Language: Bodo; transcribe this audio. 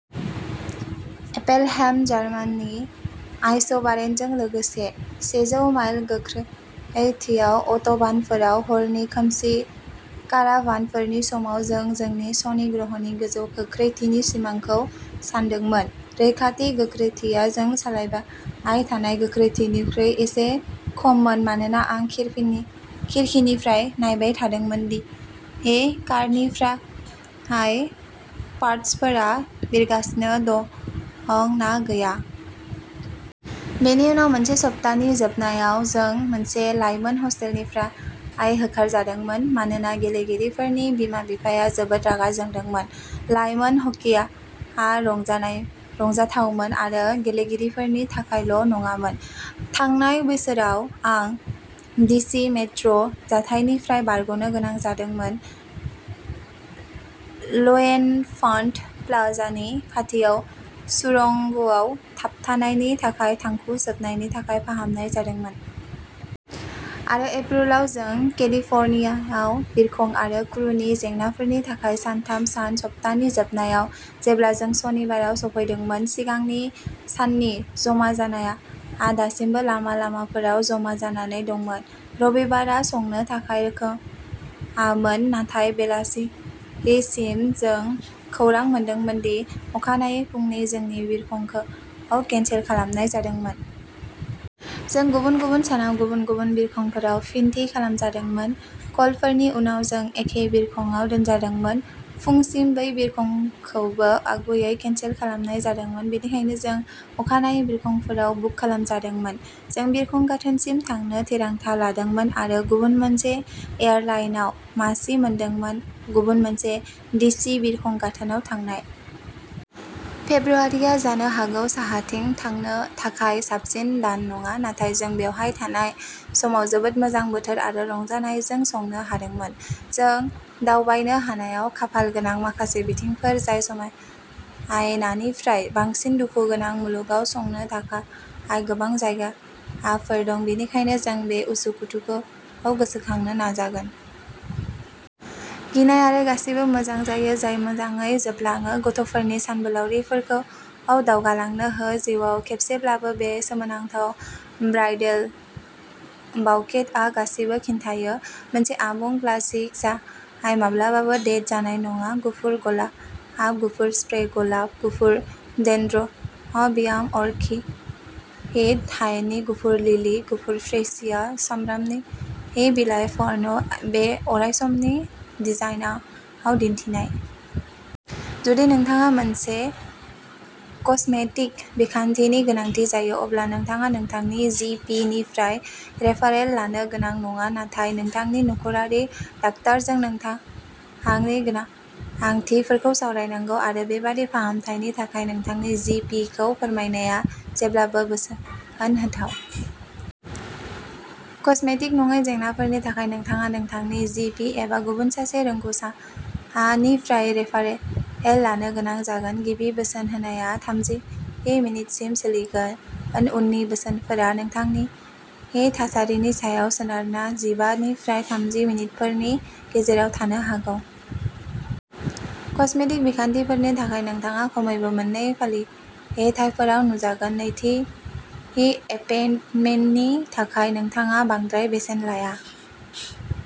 एपेलहेम जार्मानि आइसबारेनजों लोगोसे। सेजौ माइल गोख्रैथियाव अट'बानफोराव हरनि खोमसि काराभानफोरनि समाव जों जोंनि शनि ग्रह'नि गोजौ गोख्रैथिनि सिमाखौ सानदोंमोन। रैखाथि गोख्रैथिया जों सालायबाय थानाय गोख्रैथिनिख्रुइ एसे खममोन मानोना आं खिरखिनिफ्राय नायबाय थादोंमोनदि कारनिफ्राय पार्ट्सफोरा बिरगासिनो दं ना गैया। बेनि उनाव मोनसे सप्तानि जोबनायाव जों मोनसे लाइमोन हस्टेलनिफ्राय होखारजादोंमोन मानोना गेलेगिरिफोरनि बिमा-बिफाया जोबोद रागा जोंदोंमोन। लाइमोन हकीआ रंजाथावमोन आरो गेलेगिरिफोरनि थाखायल' नङामोन। थांनाय बोसोराव आं डिसि मेट्र' जाथायनिफ्राय बारग'नो गोनां जादोंमोन ल'एनफान्ट प्लाजानि खाथियाव सुरंगआव थाबथानायनि उनाव थांखु सोबनायनि थाखाय फाहामनाय जादोंमोन। आरो एप्रिलाव जों केलिफर्नियायाव बिरखं आरो क्रुनि जेंनाफोरनि थाखाय सानथाम सान सप्तानि जोबनायाव। जेब्ला जों सनिबाराव सौफैदोंमोन सिगांनि साननि जमा जानाया दासिमबो लामा लामाफोराव जमा जानानै दंमोन। रबिबारआ संनो थाखाय रोखामोन नाथाय बेलासिसिम जों खौरां मोनदोंमोनदि अखानायै फुंनि जोंनि बिरखंखौ केनसेल खालामनाय जादोंमोन। जों गुबुन गुबुन सानाव गुबुन गुबुन बिरखंफोराव फिन थि खालामजादोंमोन। कलफोरनि उनाव जों एखे बिरखंआव दोनजादोंमोन। फुंसिम बै बिरखंखौबो आगुयै केनसेल खालामनाय जादोंमोन बेनिखायनो जों अखानायै बिरखंफोराव बुक खालामजादोंमोन। जों बिरखं गाथोनसिम थांनो थिरांथा लादोंमोन आरो गुबुन मोनसे एयारलाइनआव मासि मोनदोंमोन गुबुन मोनसे डिसि बिरखं गाथोनआव थांनाय। फेब्रुआरिआ जानो हागौ साहाथिं थांनो थाखाय साबसिन दान नङा नाथाय जों बेवहाय थानाय समाव जोबोद मोजां बोथोर आरो रंजानायजों संनो हादोंमोन। जों दावबायनो हानायाव खाफालगोनां माखासे बिथिंफोर जाय समायनानिफ्राय बांसिन दुखु गोनां। मुलुगाव संनो थाखाय गोबां जायगाफोर दं बेनिखायनो जों बै उसुखुथुखौ गोसोखांनो नाजागोन। गिनाय आरो गासिबो मोजां जायो जाय मोजाङै जोबलाङो। गथ'फोरनि सानबोलावरिफोरखौ दावगालांनो हो जिउआव खेबसेब्लाबो बे सोमोनांथाव ब्राइडल बाउकेटआ गासिबो खिन्थायो। मोनसे आबुं क्लासिक जाय माब्लाबाबो डेट जानाय नङा। गुफुर गलाब, गुफुर स्प्रे गलाब, गुफुर डेनड्रबियाम अर्किड, हायेननि गुफुर लिलि, गुफुर फ्रेसिया, सामब्रानि बिलाइ फार्न बे अरायसमारि डिजाइनआव दिन्थिनाय। जुदि नोंथाङा मोनसे कस्मेटिक बिखान्थिनि गोनांथि जायो अब्ला नोंथाङा नोंथांनि जि पि निफ्राय रेफारेल लानो गोनां नङा नाथाय नोंथांनि न'खरारि डाक्टारजों नोंथांनि गोनांथिफोरखौ सावरायनांगौ आरो बेबादि फाहामथायनि थाखाय नोंथांनि जि पि खौ फोरमायनाया जेब्लाबो बोसोन होथाव। कस्मेटिक नङै जेंनाफोरनि थाखाय नोंथाङा नोंथांनि जि पि एबा गुबुन सासे रोंग'सारनिफ्राय रेफारेल लानो गोनां जागोन। गिबि बोसोन होनाया थामजि मिनिटसिम सोलिगोन। उननि बोसोनफोरा नोंथांनि थासारिनि सायाव सोनारना जिबा निफ्राय थामजि मिनिटफोरनि गेजेराव थानो हागौ। कस्मेटिक बिखान्थिफोरनि थाखाय नोंथाङा खमैबो मोननै फालिथायफोराव नुजागोन। नैथि एपइन्टमेन्टनि थाखाय नोंथाङा बांद्राय बेसेन लाया।